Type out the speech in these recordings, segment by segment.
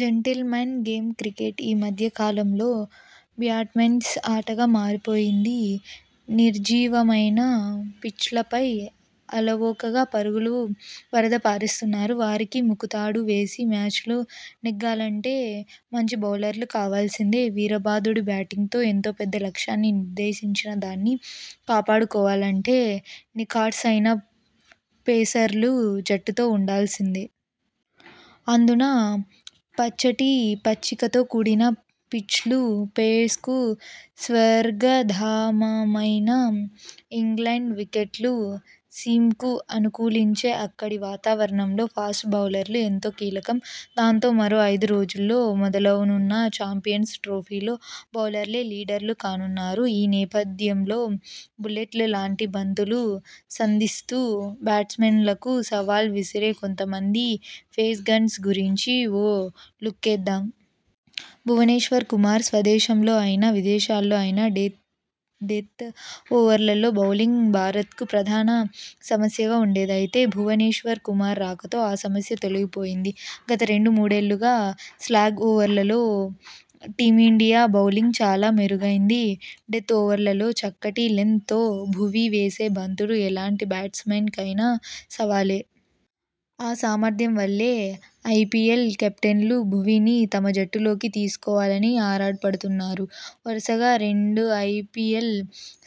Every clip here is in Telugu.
జెంటిల్మెన్ గేమ్ క్రికెట్ ఈ మధ్య కాలంలో బ్యాట్స్మెన్ ఆటగా మారిపోయింది! నిర్జీవమైన పిచ్లపై అలవోకగా పరుగుల వరద పారిస్తున్నారు. వారికి ముకుతాడు వేసి మ్యాచ్లు నెగ్గాలంటే మంచి బౌలర్లు కావాల్సిందే..! వీరబాదుడు బ్యాటింగ్తో ఎంత పెద్ద లక్ష్యాన్ని నిర్దేశించినా దాన్ని కాపాడుకోవాలంటే నిఖార్సైన పేసర్లు జట్టుతో ఉండాల్సిందే..! అందునా పచ్చటి పచ్చికతో కూడిన పిచ్లు, పేస్కు స్వర్గధామమైన ఇంగ్లండ్ వికెట్లు, సీమ్కు అనుకూలించే అక్కడి వాతావరణంలో ఫాస్ట్ బౌలర్లు ఎంతో కీలకం..! దాంతో, మరో ఐదు రోజుల్లో మొదలవనున్న చాంపియన్స్ ట్రోఫీలో బౌలర్లే లీడర్లు కానున్నారు..! ఈ నేపథ్యంలో బుల్లెట్ల లాంటి బంతులు సంధిస్తూ బ్యాట్స్మెనకు సవాల్ విసిరే కొంతమంది 'పేస్ గన్స్' గురించి ఓ లుక్కేద్దాం. భువనేశ్వర్ కుమార్ స్వదేశంలో అయినా, విదేశాల్లో అయినా డెత్ ఓవర్లలో బౌలింగ్ భారత్కు ప్రధాన సమస్యగా ఉండేది. అయితే, భువనేశ్వర్ కుమార్ రాకతో ఆ సమస్య తొలగి పోయింది. గత రెండు మూడేళ్లుగా స్లాగ్ ఓవర్లలో టీమిండియా బౌలింగ్ చాలా మెరుగైంది. డెత్ ఓవర్లలో చక్కటి లెంత్ తో భువీ వేసే బంతులు ఎలాంటి బ్యాట్స్ మెన్ కైనా సవాలే. ఆ సామర్థ్యం వల్లే ఐ పీ ఎల్ కెప్టెన్లు భువీని తమ జట్టు లోకి తీసుకోవాలని ఆరాటపడుతున్నారు. వరుసగా రెండు ఐ పీ ఎల్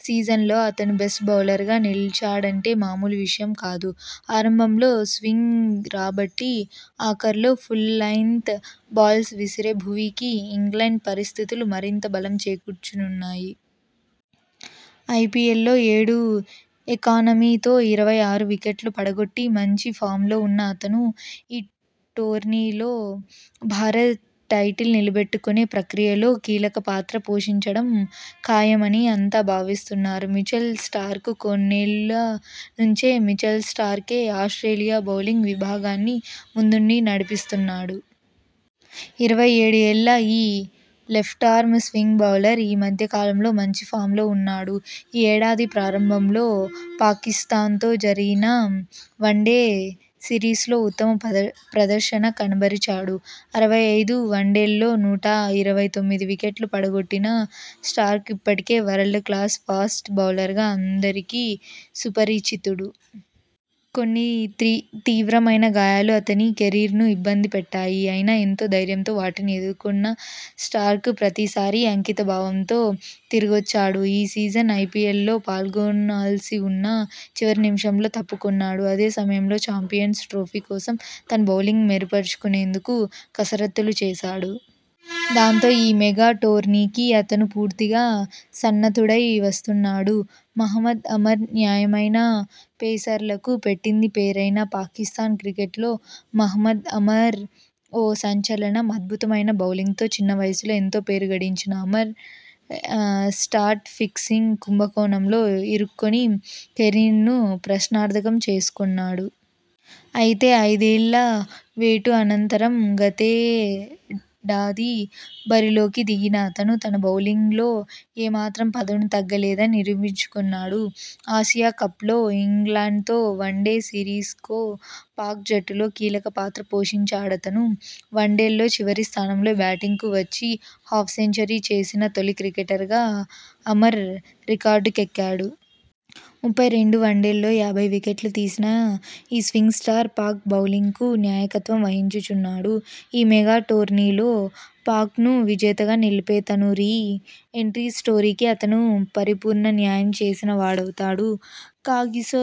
సీజన్లలో అతను బెస్ట్ బౌలర్గా నిలిచాడంటే మామూలు విషయం కాదు. ఆరంభంలో స్వింగ్ రాబట్టి, ఆఖర్లో ఫుల్ లెన్త్ బాల్స్ విసిరే భువీకి ఇంగ్లండ్ పరిస్థితులు మరింత బలం చేకూర్చనున్నాయి. ఐ పీ ఎల్లో ఏడు ఎకానమీ తో ఇరవై ఆరు వికెట్లు పడగొట్టి మంచి ఫామ్లో ఉన్న అతను ఈ టోర్నీలో భారత్ టైటిల్ నిలబెట్టుకునే ప్రక్రియలో కీలక పాత్ర పోషించడం ఖాయమని అంతా భావిస్తున్నారు. మిచెల్ స్టార్క్ కొన్నేళ్ల నుంచి మిచెల్ స్టార్క్ ఆస్ట్రేలియా బౌలింగ్ విభాగాన్ని ముందుండి నడిపిస్తున్నాడు. ఇరవై ఏడు ఏళ్ల ఈ లెఫ్టార్మ్ స్వింగ్ బౌలర్ ఈ మధ్య కాలంలో మంచి ఫామ్లో ఉన్నాడు. ఈ ఏడాది ప్రారంభంలో పాకిస్థాన్తో జరిగిన వన్డే సిరీస్లో ఉత్తమ ప్ర ప్రదర్శన కనబరిచాడు. అరవై ఐదు వన్డేల్లో నూట ఇరవై తొమ్మిది వికెట్లు పడగొట్టిన స్టార్క్ ఇప్పటికే వరల్డ్ క్లాస్ ఫాస్ట్ బౌలర్గా అందరికీ సుపరిచితుడు. కొన్ని తి తీవ్రమైన గాయాలు అతని కెరీర్ను ఇబ్బంది పెట్టాయి. అయినా.. ఎంతో ధైర్యంతో వాటిని ఎదుర్కొన్న స్టార్క్ ప్రతీసారి అంకిత భావంతో తిరిగొచ్చాడు. ఈ సీజన్ ఐ పీ ఎల్లో పాల్గొనాల్సివున్నా.. చివరి నిమిషంలో తప్పుకొన్నాడు. అదే సమయంలో చాంపియన్స్ ట్రోఫీ కోసం తన బౌలింగ్ను మెరుగు పరుచుకునేందుకు కసరత్తులు చేశాడు. దాంతో, ఈ మెగా టోర్నీకి అతను పూర్తిగా సన్నద్ధుడై వస్తున్నాడు. మహమ్మద్ ఆమెర్ నాణ్యమైన పేసర్లకు పెట్టింది పేరైన పాకిస్థాన్ క్రికెట్లో మహమ్మద్ అమర్ ఓ సంచలనం. అద్భుతమైన బౌలింగ్తో చిన్న వయసులో ఎంతో పేరు గడించిన ఆమెర్ సాట్ -ఫిక్సింగ్ కుంభకోణంలో ఇరుక్కొని కెరీర్ను ప్రశ్నార్థకం చేసుకున్నాడు. అయితే, ఐదేళ్ల వేటు అనంతరం గతేడాది బరిలోకి దిగిన అతను తన బౌలింగ్లో ఏ మాత్రం పదును తగ్గలేదని నిరూపించుకున్నాడు. ఆసియా కప్లో, ఇంగ్లండ్తో వన్డే సిరీస్లో పాక్ జట్టులో కీలక పాత్ర పోషించాడతను. వన్డేల్లో చివరి స్థానంలో బ్యాటింగ్కు వచ్చి హాఫ్ సెంచరీ చేసిన తొలి క్రికెటర్గా అమర్ రికార్డుకెక్కాడు. ముప్పై రెండు వన్డేల్లో యాభై వికెట్లు తీసిన ఈ స్వింగ్ స్టార్ పాక్ బౌలింగ్కు నాయకత్వం వహించనున్నాడు. ఈ మెగా టోర్నీలో పాక్ను విజేతగా నిలిపితే తన రీ ఎంట్రీ స్టోరీకి అతను పరిపూర్ణ న్యాయం చేసినవాడవుతాడు. కాగిసో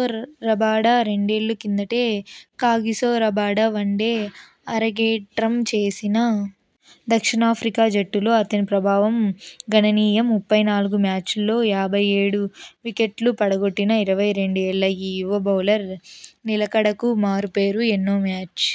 రబాడ రెండేళ్ల కిందటే కాగిసో రబాడ వన్డే అరంగేట్రం చేసినా.. దక్షిణాఫ్రికా జట్టులో అతని ప్రభావం గణనీయం. ముప్పై నాలుగు మ్యాచ్ల్ లో యాభై ఏడు వికెట్లు పడగొట్టిన ఇరవై రెండు ఏళ్ల ఈ యువ బౌలర్ నిలకడకు మారు పేరు. ఎన్నో మ్యాచ్